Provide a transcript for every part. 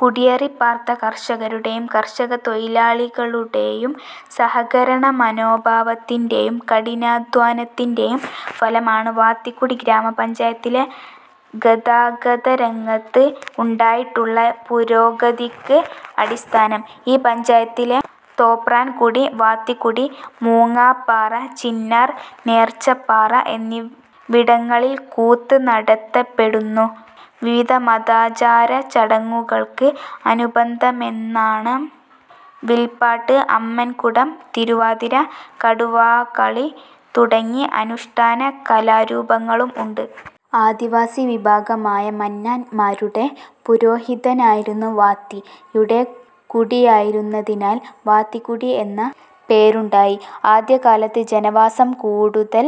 കുടിയേറിപാർത്ത കർഷകരുടെയും കർഷകതൊഴിലാളികളുടെയും സഹകരണമനോഭാവത്തിന്റെയും കഠിനാദ്ധ്വാനത്തിന്റെയും ഫലമാണ് വാത്തിക്കുടി ഗ്രാമപഞ്ചായത്തിലെ ഗതാഗതരംഗത്ത് ഉണ്ടായിട്ടുള്ള പുരോഗതിക്ക് അടിസ്ഥാനം. ഈ പഞ്ചായത്തിലെ തോപ്രാൻകുടി, വാത്തിക്കുടി, മൂങ്ങാപ്പാറ, ചിന്നാർ, നേർച്ചപ്പാറ എന്നിവിടങ്ങളിൽ കൂത്ത് നടത്തപ്പെടുന്നു. വിവിധ മതാചാര ചടങ്ങുകൾക്ക് അനുബന്ധമെന്നാണം വിൽപ്പാട്ട്, അമ്മൻകുടം, തിരുവാതിര, കടുവാകളി തുടങ്ങി അനുഷ്ഠാന കലാരൂപങ്ങളും ഉണ്ട്. ആദിവാസി വിഭാഗമായ 'മന്നാൻ'മാരുടെ പുരോഹിതനായിരുന്ന 'വാത്തി'യുടെ കുടിയായിരുന്നതിനാൽ വാത്തിക്കുടി എന്ന പേരുണ്ടായി. ആദ്യകാലത്ത് ജനവാസം കൂടുതൽ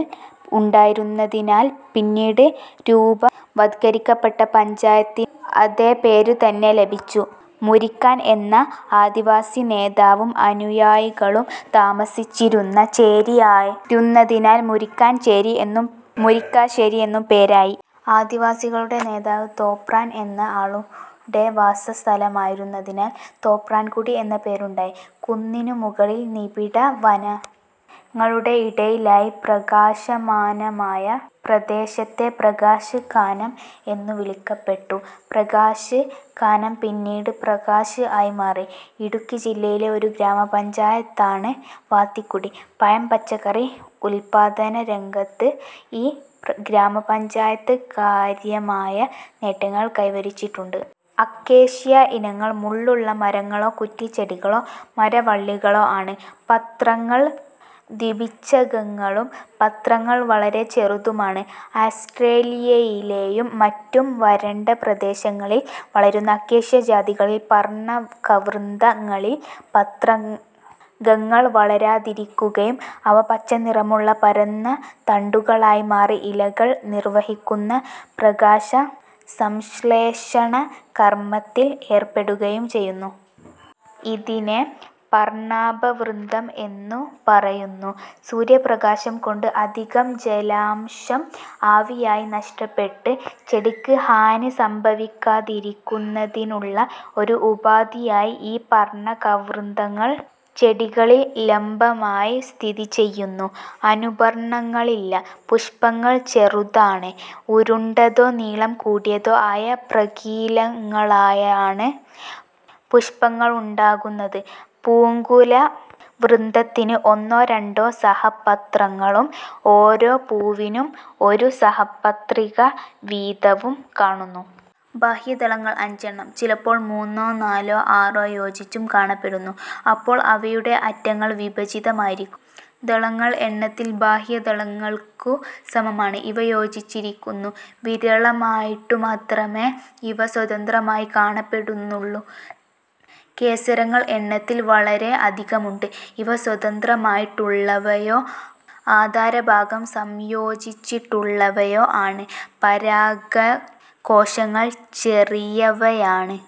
ഉണ്ടായിരുന്നതിനാൽ പിന്നീട് രൂപവത്കരിക്കപ്പെട്ട പഞ്ചായത്തിന് അതേ പേരു തന്നെ ലഭിച്ചു. 'മുരിക്കാൻ' എന്ന ആദിവാസി നേതാവും അനുയായികളും താമസിച്ചിരുന്ന 'ചേരി' ആയിരുന്നതിനാൽ മുരിക്കാൻ ചേരി എന്നും മുരിക്കാശ്ശേരി എന്നും പേരായി. ആദിവാസികളുടെ നേതാവ് തോപ്രാൻ എന്ന ആളുടെ വാസസ്ഥലമായിരുന്നതിനാൽ തോപ്രാൻകുടി എന്ന പേരുണ്ടായി. കുന്നിനു മുകളിൽ നിബിഡ വനങ്ങളുടെ ഇടയിലായി പ്രകാശമാനമായ പ്രദേശത്തെ പ്രകാശ് കാനം എന്നു വിളിക്കപ്പെട്ടു. പ്രകാശ് കാനം പിന്നീട് പ്രകാശ് ആയി മാറി. ഇടുക്കി ജില്ലയിലെ ഒരു ഗ്രാമപഞ്ചായത്താണ് വാത്തിക്കുടി. പഴം പച്ചക്കറി ഉല്പാദനരംഗത്ത് ഈ ഗ്രാമപഞ്ചായത്ത് കാര്യമായ നേട്ടങ്ങൾ കൈവരിച്ചിട്ടുണ്ട്. അക്കേഷ്യ ഇനങ്ങൾ മുള്ളുള്ള മരങ്ങളോ കുറ്റിച്ചെടികളോ മരവള്ളികളോ ആണ്. പത്രങ്ങൾ ദ്വിപിച്ഛകങ്ങളും പത്രങ്ങൾ വളരെ ചെറുതുമാണ്. ആസ്ട്രേലിയയിലെയും മറ്റും വരണ്ട പ്രദേശങ്ങളിൽ വളരുന്ന അക്കേഷ്യ ജാതികളിൽ പർണകവൃന്ത ങ്ങളിൽ പത്രകങ്ങൾ വളരാതിരിക്കുകയും അവ പച്ചനിറമുള്ള പരന്ന തണ്ടുകളായി മാറി ഇലകൾ നിർവഹിക്കുന്ന പ്രകാശസംശ്ളേഷണ കർമത്തിൽ ഏർപ്പെടുകയും ചെയ്യുന്നു. ഇതിനെ പർണാഭവൃന്തം എന്നു പറയുന്നു. സൂര്യപ്രകാശംകൊണ്ട് അധികം ജലാംശം ആവിയായി നഷ്ടപ്പെട്ട് ചെടിക്ക് ഹാനി സംഭവിക്കാതിരിക്കുന്നതിനുള്ള ഒരു ഉപാധിയായി, ഈ പർണകവൃന്തങ്ങൾ ചെടികളിൽ ലംബമായി സ്ഥിതിചെയ്യുന്നു. അനുപർണങ്ങളില്ല. പുഷ്പങ്ങൾ ചെറുതാണ്. ഉരുണ്ടതോ നീളം കൂടിയതോ ആയ പ്രകീലങ്ങളായാണ് പുഷ്പങ്ങളുണ്ടാകുന്നത്. പൂങ്കുലവൃന്തത്തിന് ഒന്നോ രണ്ടോ സഹപത്രങ്ങളും, ഓരോ പൂവിനും ഒരു സഹപത്രിക വീതവും കാണുന്നു. ബാഹ്യദളങ്ങൾ അഞ്ചെണ്ണം. ചിലപ്പോൾ മൂന്നോ, നാലോ, ആറോ യോജിച്ചും കാണപ്പെടുന്നു. അപ്പോൾ അവയുടെ അറ്റങ്ങൾ വിഭജിതമായിരിക്കും. ദളങ്ങൾ എണ്ണത്തിൽ ബാഹ്യദളങ്ങൾക്കു സമമാണ്; ഇവ യോജിച്ചിരിക്കുന്നു. വിരളമായിട്ടു മാത്രമേ ഇവ സ്വതന്ത്രമായി കാണപ്പെടുന്നുള്ളൂ. കേസരങ്ങൾ എണ്ണത്തിൽ വളരെ അധികമുണ്ട്; ഇവ സ്വതന്ത്രമായിട്ടുള്ളവയോ ആധാരഭാഗം സംയോജിച്ചിട്ടുള്ളവയോ ആണ്. പരാഗകോശങ്ങൾ ചെറിയവയാണ്.